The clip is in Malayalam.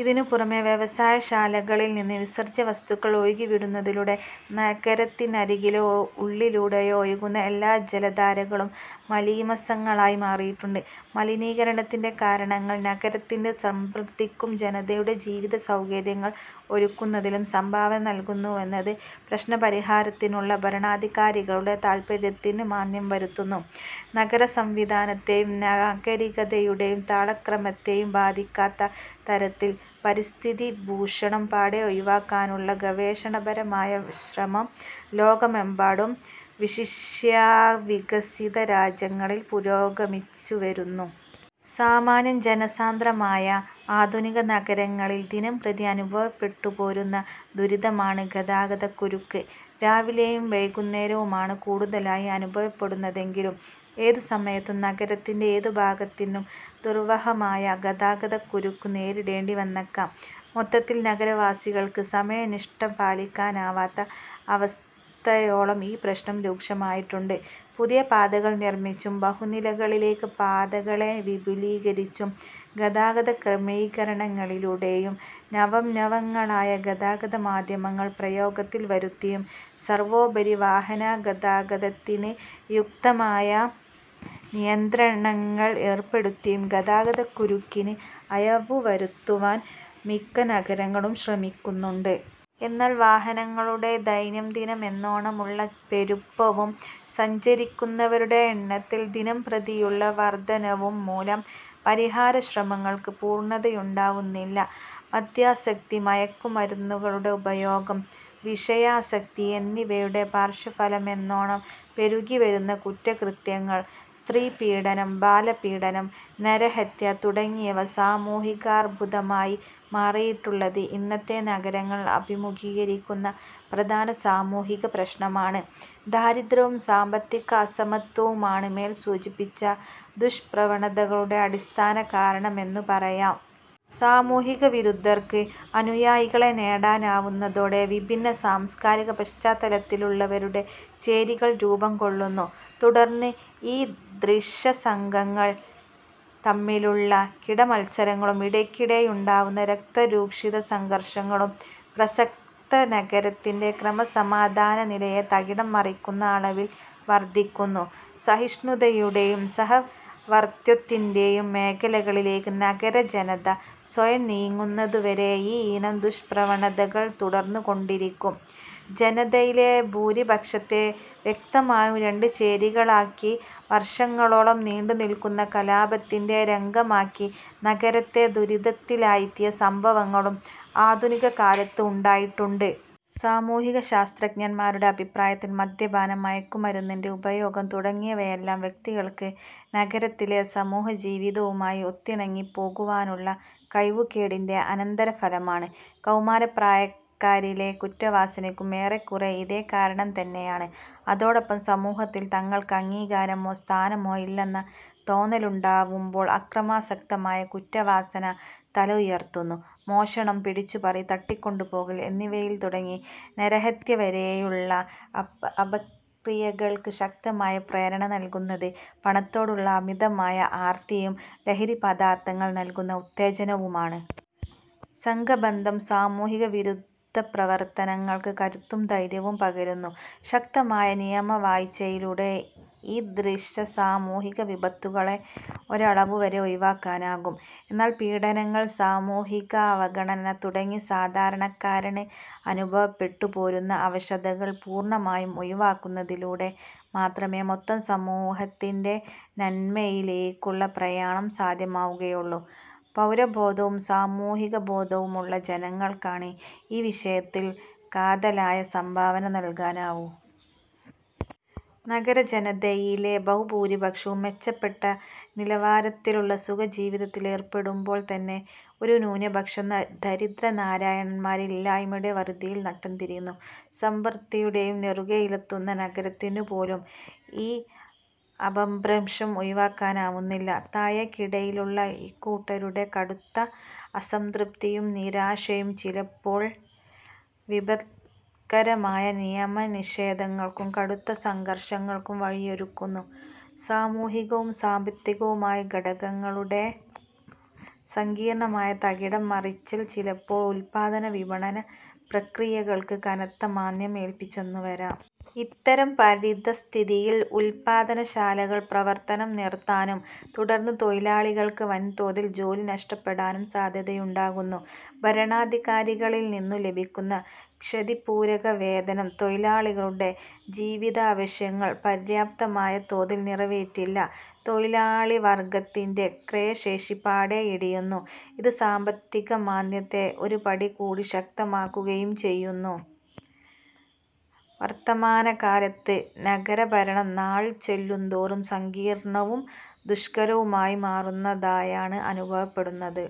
ഇതിനുപുറമേ വ്യവസായശാലകളിൽനിന്ന് വിസർജ്യവസ്തുക്കൾ ഒഴുക്കിവിടുന്നതിലൂടെ നഗരത്തിനരികിലോ ഉള്ളിലൂടെയോ ഒഴുകുന്ന എല്ലാ ജലധാരകളും മലീമസങ്ങളായി മാറിയിട്ടുണ്ട്. മലിനീകരണത്തിന്റെ കാരകങ്ങൾ നഗരത്തിന്റെ സമ്പദ്വൃദ്ധിക്കും ജനതയുടെ ജീവിത സൗകര്യങ്ങൾ ഒരുക്കുന്നതിലും സംഭാവന നല്കുന്നുവെന്നത് പ്രശ്നപരിഹാരത്തിനുള്ള ഭരണാധികാരികളുടെ താത്പര്യത്തിന് മാന്ദ്യം വരുത്തുന്നു. നഗരസംവിധാനത്തെയും നാഗരിതകയുടെ താളക്രമത്തെയും ബാധിക്കാത്ത തരത്തിൽ പരിസ്ഥിതിദൂഷണം പാടേ ഒഴിവാക്കാനുള്ള ഗവേഷണപരമായ ശ്രമം ലോകമെമ്പാടും, വിശിഷ്യാ വികസിതരാജ്യങ്ങളിൽ പുരോഗമിച്ചുവരുന്നു. സാമാന്യം ജനസാന്ദ്രമായ ആധുനിക നഗരങ്ങളിൽ ദിനംപ്രതി അനുഭവപ്പെട്ടുപോരുന്ന ദുരിതമാണ് ഗതാഗതക്കുരുക്ക്. രാവിലെയും വൈകുന്നേരവുമാണ് കൂടുതലായി അനുഭവപ്പെടുന്നതെങ്കിലും ഏതു സമയത്തും നഗരത്തിന്റെ ഏതുഭാഗത്തിനും ദുർവഹമായ ഗതാഗതക്കുരുക്ക് നേരിടേണ്ടിവന്നേക്കാം. മൊത്തത്തിൽ നഗരവാസികൾക്ക് സമയനിഷ്ഠ പാലിക്കാനാവാത്ത അവസ്ഥയോളം ഈ പ്രശ്നം രൂക്ഷമായിട്ടുണ്ട്. പുതിയ പാതകൾ നിർമിച്ചും ബഹുനിലകളിലേക്ക് പാതകളെ വിപുലീകരിച്ചും ഗതാഗതക്രമീകരണങ്ങളിലൂടെയും നവംനവങ്ങളായ ഗതാഗതമാധ്യമങ്ങൾ പ്രയോഗത്തിൽ വരുത്തിയും സർവോപരി വാഹനഗതാഗതത്തിന് യുക്തമായ നിയന്ത്രണങ്ങൾ ഏർപ്പെടുത്തിയും ഗതാഗതക്കുരുക്കിന് അയവുവരുത്തുവാൻ മിക്ക നഗരങ്ങളും ശ്രമിക്കുന്നുണ്ട്. എന്നാൽ വാഹനങ്ങളുടെ ദൈനംദിനമെന്നോണമുള്ള പെരുപ്പവും സഞ്ചരിക്കുന്നവരുടെ എണ്ണത്തിൽ ദിനംപ്രതിയുള്ള വർധനവുംമൂലം പരിഹാരശ്രമങ്ങൾക്ക് പൂർണതയുണ്ടാവുന്നില്ല. മദ്യാസക്തി, മയക്കുമരുന്നുകളുടെ ഉപഭോഗം, വിഷയാസക്തി എന്നിവയുടെ പാർശ്വഫലമെന്നോണം പെരുകിവരുന്ന കുറ്റകൃത്യങ്ങൾ, സ്ത്രീപീഡനം, ബാലപീഡനം, നരഹത്യ തുടങ്ങിയവ സാമൂഹികാർബുദമായി മാറിയിട്ടുള്ളത് ഇന്നത്തെ നഗരങ്ങൾ അഭിമുഖീകരിക്കുന്ന പ്രധാന സാമൂഹിക പ്രശ്നമാണ്. ദാരിദ്ര്യവും സാമ്പത്തിക അസമത്വവുമാണ് മേൽസൂചിപ്പിച്ച ദുഷ്പ്രവണതകളുടെ അടിസ്ഥാനകാരണമെന്നു പറയാം. സാമൂഹികവിരുദ്ധർക്ക് അനുയായികളെ നേടാനാവുന്നതോടെ വിഭിന്ന സാംസ്കാരിക പശ്ചാത്തലത്തിലുള്ളവരുടെ ചേരികൾ രൂപംകൊള്ളുന്നു. തുടർന്ന് ഈദൃശ സംഘങ്ങൾ തമ്മിലുള്ള കിടമത്സരങ്ങളും ഇടയ്ക്കിടെയുണ്ടാകാവുന്ന രക്തരൂക്ഷിത സംഘർഷങ്ങളും പ്രസക്ത നഗരത്തിന്റെ ക്രമസമാധാനനിലയെ തകിടം മറിക്കുന്ന അളവിൽ വർധിക്കുന്നു. സഹിഷ്ണുതയുടെയും സഹവർത്തിത്വത്തിന്റെയും മേഖലകളിലേക്ക് നഗരജനത സ്വയം നീങ്ങുന്നതുവരെ ഈയിനം ദുഷ്പ്രവണതകൾ തുടർന്നുകൊണ്ടിരിക്കും. ജനതയിലെ ഭൂരിപക്ഷത്തെ വ്യക്തമായും രണ്ട് ചേരികളിലാക്കി വർഷങ്ങളോളം നീണ്ടുനില്ക്കുന്ന കലാപത്തിന്റെ രംഗമാക്കി നഗരത്തെ ദുരിതത്തിലാഴ്ത്തിയ സംഭവങ്ങളും ആധുനികകാലത്ത് ഉണ്ടായിട്ടുണ്ട്. സാമൂഹികശാസ്ത്രജ്ഞന്മാരുടെ അഭിപ്രായത്തിൽ മദ്യപാനം, മയക്കുമരുന്നിന്റെ ഉപയോഗം തുടങ്ങിയവയെല്ലാം വ്യക്തികൾക്ക് നഗരത്തിലെ സമൂഹജീവിതവുമായി ഒത്തിണങ്ങിപ്പോകുവാനുള്ള കഴിവുകേടിന്റെ അനന്തരഫലമാണ്. കൗമാരപ്രായക്കാരിലെ കുറ്റവാസനയ്ക്കും ഏറെക്കുറെ ഇതേ കാരണം തന്നെയാണ്; അതോടൊപ്പം സമൂഹത്തിൽ തങ്ങൾക്ക് അംഗീകാരമോ സ്ഥാനമോ ഇല്ലെന്ന തോന്നലുണ്ടാവുമ്പോൾ അക്രമാസക്തമായ കുറ്റവാസന തലയുയർത്തുന്നു. മോഷണം, പിടിച്ചുപറി, തട്ടിക്കൊണ്ടുപോകൽ എന്നിവയിൽ തുടങ്ങി നരഹത്യവരെയുള്ള അപക്രിയകൾക്ക് ശക്തമായ പ്രേരണ നല്കുന്നത് പണത്തോടുള്ള അമിതമായ ആർത്തിയും ലഹരിപദാർഥങ്ങൾ നല്കുന്ന ഉത്തേജനവുമാണ്. സംഘബന്ധം സാമൂഹികവിരുദ്ധപ്രവർത്തനങ്ങൾക്ക് കരുത്തും ധൈര്യവും പകരുന്നു. ശക്തമായ നിയമവാഴ്ചയിലൂടെ ഈദൃശ സാമൂഹിക വിപത്തുകളെ ഒരളവുവരെ ഒഴിവാക്കാനാകും. എന്നാൽ പീഡനങ്ങൾ, സാമൂഹികാവഗണന തുടങ്ങി സാധാരണക്കാരന് അനുഭവപ്പെട്ടു പോരുന്ന അവശതകൾ പൂർണമായും ഒഴിവാക്കുന്നതിലൂടെമാത്രമേ മൊത്തം സമൂഹത്തിന്റെ നന്മയിലേക്കുള്ള പ്രയാണം സാധ്യമാവുകയുള്ളൂ. പൗരബോധവും സാമൂഹികാവബോധവുമുള്ള ജനങ്ങൾക്കാണ് ഈ വിഷയത്തിൽ കാതലായ സംഭാവന നല്കാനാവുക. നഗരജനതയിലെ ബഹുഭൂരിപക്ഷവും മെച്ചപ്പെട്ട നിലവാരത്തിലുള്ള സുഖജീവിതത്തിലേർപ്പെടുമ്പോൾത്തന്നെ ഒരു ന്യൂനപക്ഷം ദരിദ്രനാരായണന്മാരായി, ഇല്ലായ്മയുടെ വറുതിയിൽ നട്ടംതിരിയുന്നു. സമ്പദ്വൃദ്ധിയുടെ നെറുകയിലെത്തുന്ന നഗരത്തിനുപോലും ഈ അപഭ്രംശം ഒഴിവാക്കാനാവുന്നില്ല. താഴേക്കിടയിലുള്ള ഇക്കൂട്ടരുടെ കടുത്ത അസംതൃപ്തിയും നിരാശയും ചിലപ്പോൾ വിപത്കരമായ നിയമനിഷേധങ്ങൾക്കും കടുത്ത സംഘർഷങ്ങൾക്കും വഴിയൊരുക്കുന്നു. സാമൂഹികവും സാമ്പത്തികവുമായ ഘടകങ്ങളുടെ സങ്കീർണമായ തകിടം മറിച്ചിൽ, ചിലപ്പോൾ ഉത്പാദന വിപണന പ്രക്രിയകൾക്ക് കനത്ത മാന്ദ്യം ഏല്പിച്ചെന്നുവരാം. ഇത്തരം പരിതഃസ്ഥിതിയിൽ ഉത്പാദനശാലകൾ പ്രവർത്തനം നിർത്താനും തുടർന്ന്, തൊഴിലാളികൾക്ക് വൻതോതിൽ ജോലി നഷ്ടപ്പെടാനും സാധ്യതയുണ്ടാകുന്നു. ഭരണാധികാരികളിൽനിന്നു ലഭിക്കുന്ന 'ക്ഷതിപൂരക' വേതനം തൊഴിലാളികളുടെ ജീവിതാവശ്യങ്ങൾ പര്യാപ്തമായ തോതിൽ നിറവേറ്റില്ല. തൊഴിലാളിവർഗത്തിന്റെ ക്രയശേഷി പാടേ ഇടിയുന്നു. ഇത് സാമ്പത്തികമാന്ദ്യത്തെ ഒരുപടികൂടി ശക്തമാക്കുകയും ചെയ്യുന്നു. വർത്തമാനകാലത്ത്, നഗരഭരണം നാൾചെല്ലുന്തോറും സങ്കീർണവും ദുഷ്കരവുമായി മാറുന്നതായാണ് അനുഭവപ്പെടുന്നത്.